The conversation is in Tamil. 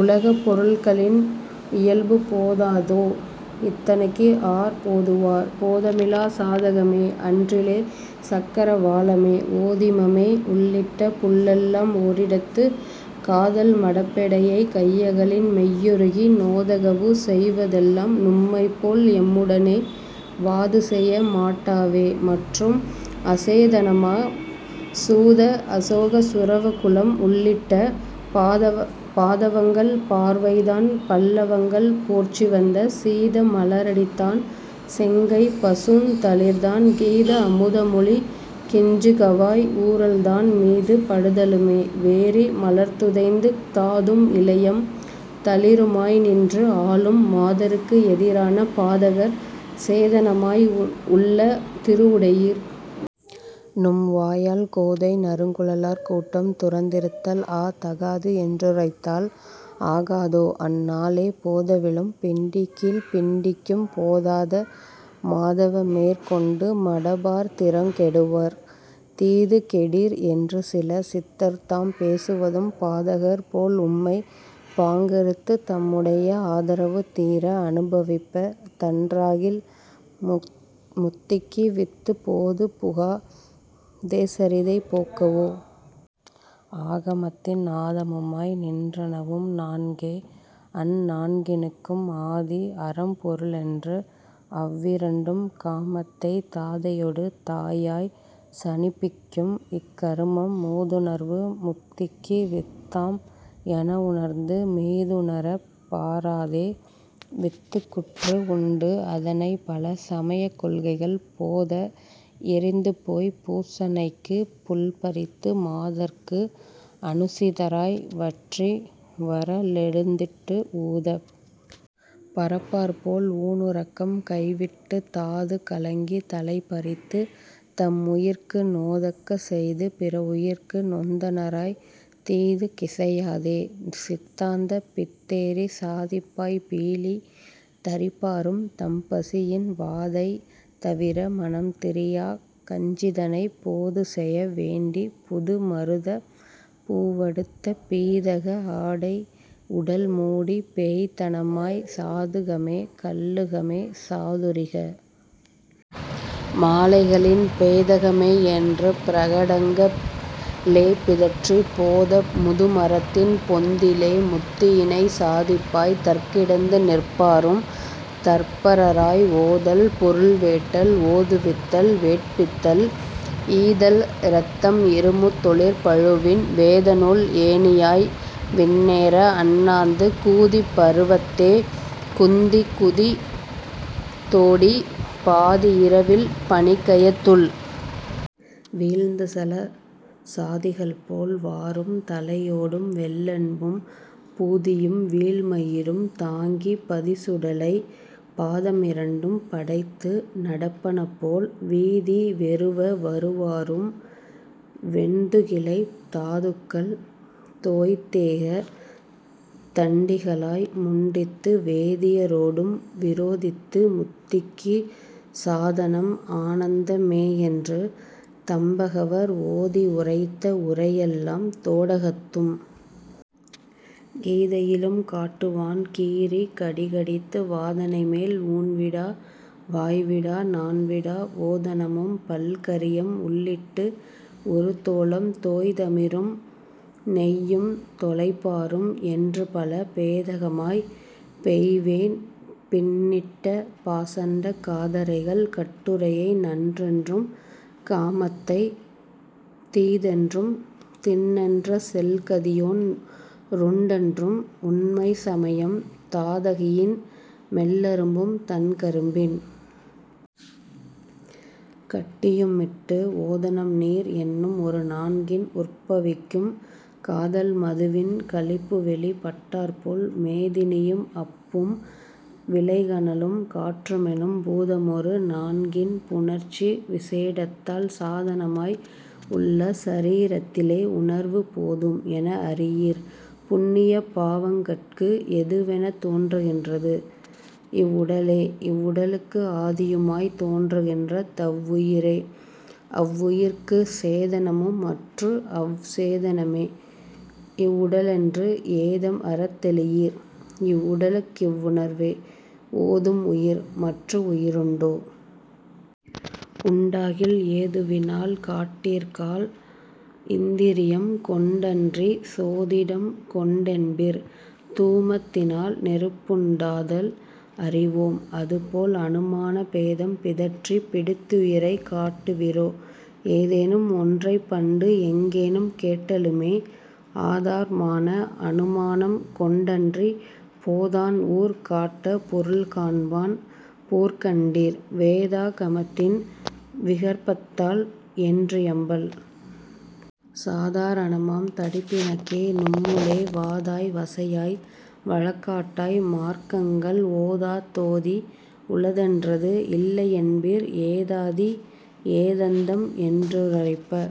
உலகப் பொருள்களின் இயல்பு போதாதோ? இத்தனைக்குஆர் போதுவார்? போதமிலாச் சாதகமே அன்றிலே சக்கர வாளமே ஓதிமமே உள்ளிட்ட புள்ளெல்லாம் ஒரிடத்துக் காதல் மடப்பெடையைக் கையகலின் மெய்யுருகி நோதகவு செய்வதெல்லாம் நும்மைப்போல் எம்முடனே வாதுசெய மாட்டாவே; மற்றும் அசேதனமாம் சூத அசோக சுரவகுளம் உள்ளிட்ட பாதவங்கள் பார்வைதான் பல்லவங்கள் போற்சிவந்த சீத மலரடிதான் செங்கைப் பசுந்தளிர்தான் கீத அமுதமொழிக் கிஞ்சுகவாய் ஊறல்தான் மீது படுதலுமே வேரி மலர்துதைந்து தாதும் இலையம் தளிருமாய் நின்று ஆலும்;- மாதருக்கு எதிரான பாதகர் சேதனமாய் உள்ள திருவுடையீர்! நும்வாயால் கோதை நறுங்குழலார் கூட்டம் துறந்திருத்தல் ஆ! தகாது என்றுரைத்தால் ஆகாதோ? அந்நாளே போதவிழும் பிண்டிக்கீழ்ப் பிண்டிக்கும் போதாத மாதவமேற் கொண்டு மடபார் திறங்கெடுவர் தீதுகெடீர் என்றுசில சித்தர்தாம் பேசுவதும் பாதகர் போல்உம்மைப் பாங்கறுத்துத் தம்முடைய ஆதரவு தீர அனுபவிப்ப தன்றாகில் முத்திக்கு வித்து போதுபுகா தேசரிதை போக்கவோ? ஆகமத்தின் நாதமுமாய் நின்றனவும் நான்கே; அந் நான்கினுக்கும் ஆதி அறம்பொருளென்று அவ்விரண்டும் காமத்தைத் தாதையொடு தாயாய்ச் சனிப்பிக்கும்; இக்கருமம் மூதுணர்வு முத்திக்கு வித்தாம் எனவுணர்ந்து மீதுணரப் பாராதே வித்துக்குற்று உண்டுஅதனைப் பல சமயக் கொள்கைகள் போத எறிந்துபோய்ப் பூசனைக்குப் புல்பறித்து மாதர்க்கு அனுசிதராய் வற்றி வறளெழுந்திட்டு ஊதப் பறப்பார்போல் ஊணுறக்கம் கைவிட்டுத் தாது கலங்கித் தலைபறித்துத் தம்முயிர்க்கு நோதக்க செய்து பிறவுயிர்க்கு நொந்தனராய்த் தீதுக் கிசையாதே சித்தாந்தப் பித்தேறிச் சாதிப்பாய்ப் பீலி தரிப்பாரும், தம்பசியின் வாதை தவிர மனம்திரியாக் கஞ்சிதனைப் போதுசெய வேண்டிப் புதுமருதப் பூவடுத்த பீதக ஆடைஉடல்மூடிப் பேய்த்தனமாய்ச் சாதுகமே கல்லுகமே சாதுரிக மாலைகளின் பேதகமே என்று பிரகடங்க ளேபிதற்றிப் போத முதுமரத்தின் பொந்திலே முத்தியினைச் சாதிப்பாய்த் தற்கிடந்து நிற்பாரும், தற்பரராய் ஓதல் பொருள்வேட்டல் ஓதுவித்தல் வேட்பித்தல் ஈதல் இரத்தம் இருமுத் தொழிற்பழுவின் வேதநூல் ஏணியாய் விண்ணேற அண்ணாந்து கூதிப் பருவத்தே குந்திக் குதித் தோடிப் பாதி இரவில் பனிக்கயத்துள் வீழ்ந்துசல சாதிகள்போல் வாரும், தலையோடும் வெள்ளென்பும் பூதியும் வீழ்மயிரும் தாங்கிப் பதுச்சுடலை பாதம் இரண்டும் படைத்து நடப்பனபோல் வீதி வெருவ வருவாரும், வெண்துகிலைத் தாதுக்கல் தோய்த்தேக தண்டிகளாய் முண்டித்து வேதிய ரோடும் விரோதித்து முத்திக்குச் சாதனம் ஆனந்த மேயென்று தம்பகவர் ஓதி உரைத்த உரையெல்லாம் தோடகத்தும் கீதையிலும் காட்டுவான் கீரிக் கடிகடித்து வாதனைமேல் ஊண்விடா வாய்விடா நாண்விடா ஓதனமும் பல்கறியம் உள்ளிட்டு ஒருதோழம் தோய்தமிரும் நெய்யும் தொலைப்பாரும், என்றுபல பேதகமாய் பெய்வேன் பின்னிட்ட பாசண்டக் காதறைகள் கட்டுரையை நன்றென்றும், காமத்தைத் தீதென்றும், திண்ணென்ற செல்கதியொன் றுண்டென்றும், உண்மைச் சமயம் தாதகியின் மெல்லரும்பும் தண்கரும்பின் கட்டியுமிட்டு ஓதனம்நீர் என்னும் ஒரு நான்கின் உற்பவிக்கும் காதல் மதுவின் களிப்புவெளிப் பட்டாற்போல் மேதினியும் அப்பும் விளைகனலும் காற்றுமெனும் பூதமொரு நான்கின் புணர்ச்சி விசேடத்தால் சாதனமாய் உள்ள சரீரத்திலேஉணர்வு போதும் எனஅறியீர்; புண்ணிய பாவங்கட்கு எதுவெனத் தோன்றுகின்றது இவ்வுடலே; இவ்வுடலுக்கு ஆதியுமாய்த் தோன்றுகின்ற தவ்வுயிரே; அவ்வுயிர்க்குச் சேதனமும், மற்றுஅவ் அசேதனமே இவ்வுடலென்று ஏதம் அறத்தெளியீர்; இவ்வுடலுக் கிவ்வுணர்வே ஓதும் உயிர்; மற்று உயிருண்டோ? உண்டாகில் ஏதுவினால் காட்டீர்காள்! இந்திரியம் கொண்டன்றிச் சோதிடம் கொண்டென்பீர்; தூமத் தினால்நெருப்புண் டாதல் அறிவோம், அதுபோல் அனுமானப் பேதம் பிதற்றிப் பிடித்துயிரைக் காட்டுவிரோ? ஏதேனும் ஒன்றைப்பண்டு எங்கேனும் கேட்டலுமே ஆதார் மான அனுமானம் கொண்டன்றிப் போதான்ஊர் காட்டப் பொருள்காண்பான் போற்கண்டீர்; வேதா கமத்தின் விகற்பத்தால் என்றியம்பல் சாதா ரணமாம் தடிப்பிணக்கே; நும்முளே வாதாய் வசையாய் வழக்காட்டாய் மார்க்கங்கள் ஓதாத் தோதி உளதென்றது இல்லையென்பீர்; ஏதாதி ஏதந்தம் என்றுரைப்ப